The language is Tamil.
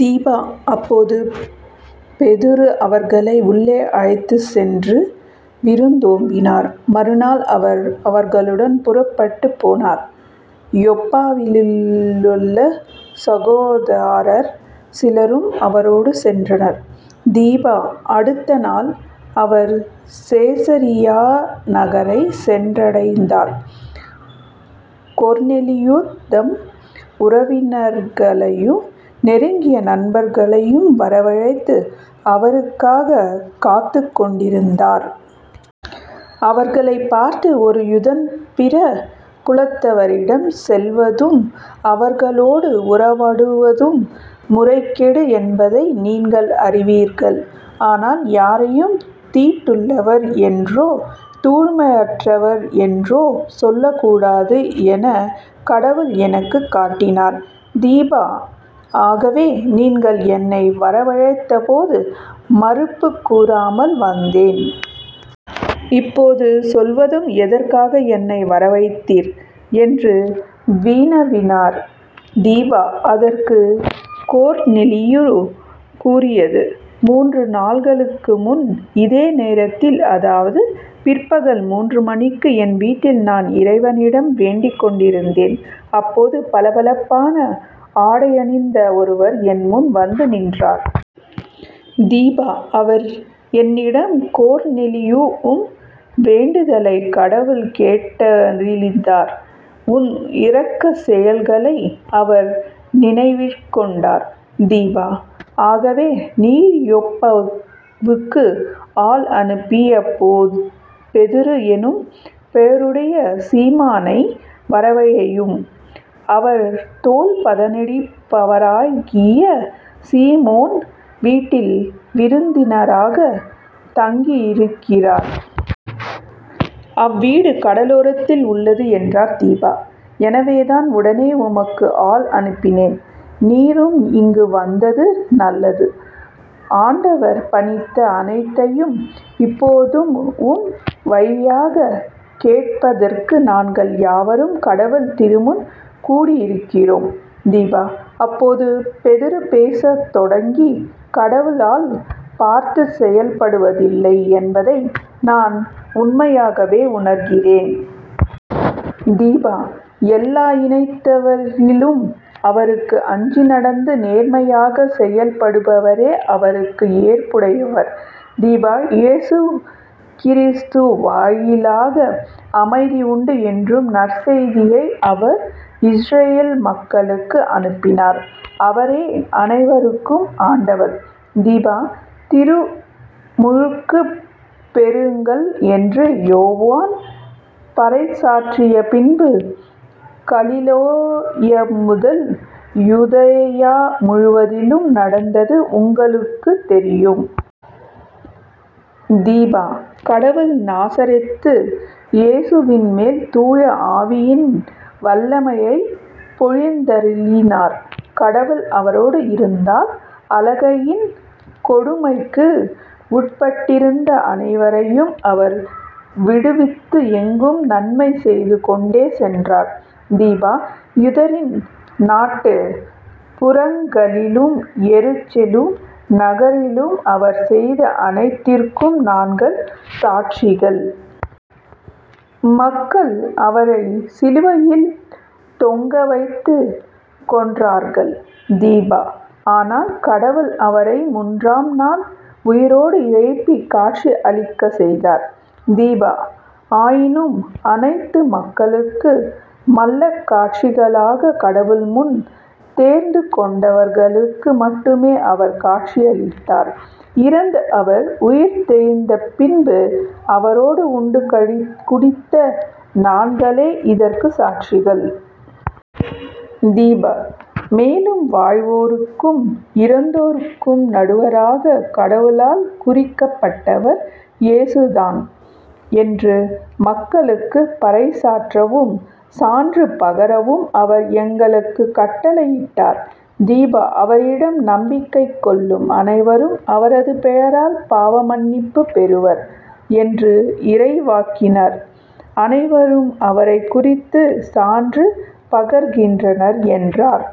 திப. அப்போது பேதுரு அவர்களை உள்ளே அழைத்துச் சென்று விருந்தோம்பினார். மறுநாள் அவர் அவர்களுடன் புறப்பட்டுப் போனார். யோப்பாவிலுள்ள சகோதரர் சிலரும் அவரோடு சென்றனர். திப. அடுத்த நாள் அவர் செசரியா நகரைச் சென்றடைந்தார். கொர்னேலியு தம் உறவினர்களையும் நெருங்கிய நண்பர்களையும் வரவழைத்து அவருக்காகக் காத்துக் கொண்டிருந்தார். அவர்களைப் பார்த்து " ஒரு யூதன் பிற குலத்தவரிடம் செல்வதும், அவர்களோடு உறவாடுவதும் முறைகேடு என்பதை நீங்கள் அறிவீர்கள். ஆனால் யாரையும் தீட்டுள்ளவர் என்றோ தூய்மையற்றவர் என்றோ சொல்லக்கூடாது எனக் கடவுள் எனக்குக் காட்டினார். திப. ஆகவே நீங்கள் என்னை வரவழைத்தபோது மறுப்புக் கூறாமல் வந்தேன். இப்போது சொல்வதும் எதற்காக என்னை வரவழைத்தீர்? என்று வினவினார். திப. அதற்கு கொர்னேலியு கூறியது " மூன்று நாள்களுக்குமுன் இதே நேரத்தில் அதாவது பிற்பகல் மூன்று மணிக்கு என் வீட்டில் நான் இறைவனிடம் வேண்டிக் கொண்டிருந்தேன். அப்போது பளபளப்பான ஆடையணிந்த ஒருவர் என்முன் வந்து நின்றார். திப. அவர் என்னிடம் " கொர்னேலியு உம் வேண்டுதலைக் கடவுள் கேட்டருளினார். உம் இரக்கச் செயல்களை அவர் நினைவிற் கொண்டார். திப. ஆகவே நீர் யோப்பாவுக்கு ஆள் அனுப்பிப் பேதுரு என்னும் பெயருடைய சீமோனை வரவழையும். அவர் தோல் பதனிடுபவராகிய சீமோன் வீட்டில் விருந்தினராகத் தங்கியிருக்கிறார். அவ்வீடு கடலோரத்தில் உள்ளது " என்றார். திப. எனவேதான் உடனே உமக்கு ஆள் அனுப்பினேன். நீரும் இங்கு வந்தது நல்லது. ஆண்டவர் பணித்த அனைத்தையும் இப்போதும் உம் வழியாகக் கேட்பதற்கு நாங்கள் யாவரும் கடவுள் திருமுன் கூடியிருக்கிறோம். " திப. அப்போது பேதுரு பேசத் தொடங்கி " கடவுள் ஆள் பார்த்துச் செயல்படுவதில்லை என்பதை நான் உண்மையாகவே உணர்கிறேன். திப. எல்லா இனத்தவரிலும் அவருக்கு அஞ்சி நடந்து நேர்மையாகச் செயல்படுபவரே அவருக்கு ஏற்புடையவர். திப. இயேசு கிறிஸ்து வாயிலாக அமைதி உண்டு என்றும் நற்செய்தியை அவர் இஸ்ரயேல் மக்களுக்கு அனுப்பினார். அவரே அனைவருக்கும் ஆண்டவர். திப. திருமுழுக்குப் பெறுங்கள் என்று யோவான் பறைசாற்றியபின்பு கலிலேயாமுதல் யூதேயா முழுவதிலும் நடந்தது உங்களுக்குத் தெரியும். திப. கடவுள் நாசரேத்து இயேசுவின்மேல் தூய ஆவியின் வல்லமையைப் பொழிந்தருளினார். கடவுள் அவரோடு இருந்தால் அலகையின் கொடுமைக்கு உட்பட்டிருந்த அனைவரையும் அவர் விடுவித்து எங்கும் நன்மை செய்து கொண்டே சென்றார். திப. யூதரின் நாட்டுப் புறங்களிலும் எருசலேம் நகரிலும் அவர் செய்த அனைத்திற்கும் நாங்கள் சாட்சிகள். மக்கள் அவரைச் சிலுவையில் தொங்கவைத்துக் கொன்றார்கள். திப. ஆனால் கடவுள் அவரை மூன்றாம் நாள் உயிரோடு எழுப்பிக் காட்சி அளிக்கச் செய்தார். திப. ஆயினும் அனைத்து மக்களுக்கு மல்ல சாட்சிகளாகக் கடவுள் முன் தேர்ந்துகொண்டவர்களுக்கு மட்டுமே அவர் காட்சியளித்தார். இறந்த அவர் உயிர்த்தெழுந்தபின்பு அவரோடு உண்டு குடித்த நாங்களே இதற்குச் சாட்சிகள். திப. மேலும் வாழ்வோருக்கும் இறந்தோருக்கும் நடுவராகக் கடவுளால் குறிக்கப்பட்டவர் இயேசுதாம் என்று மக்களுக்குப் பறைசாற்றவும், சான்று பகரவும் அவர் எங்களுக்குக் கட்டளையிட்டார். திப. அவரிடம் நம்பிக்கை கொள்ளும் அனைவரும் அவரது பெயரால் பாவமன்னிப்புப் பெறுவர் என்று இறைவாக்கினர் அனைவரும் அவரைக்குறித்துச் சான்று பகர்கின்றனர் " என்றார்.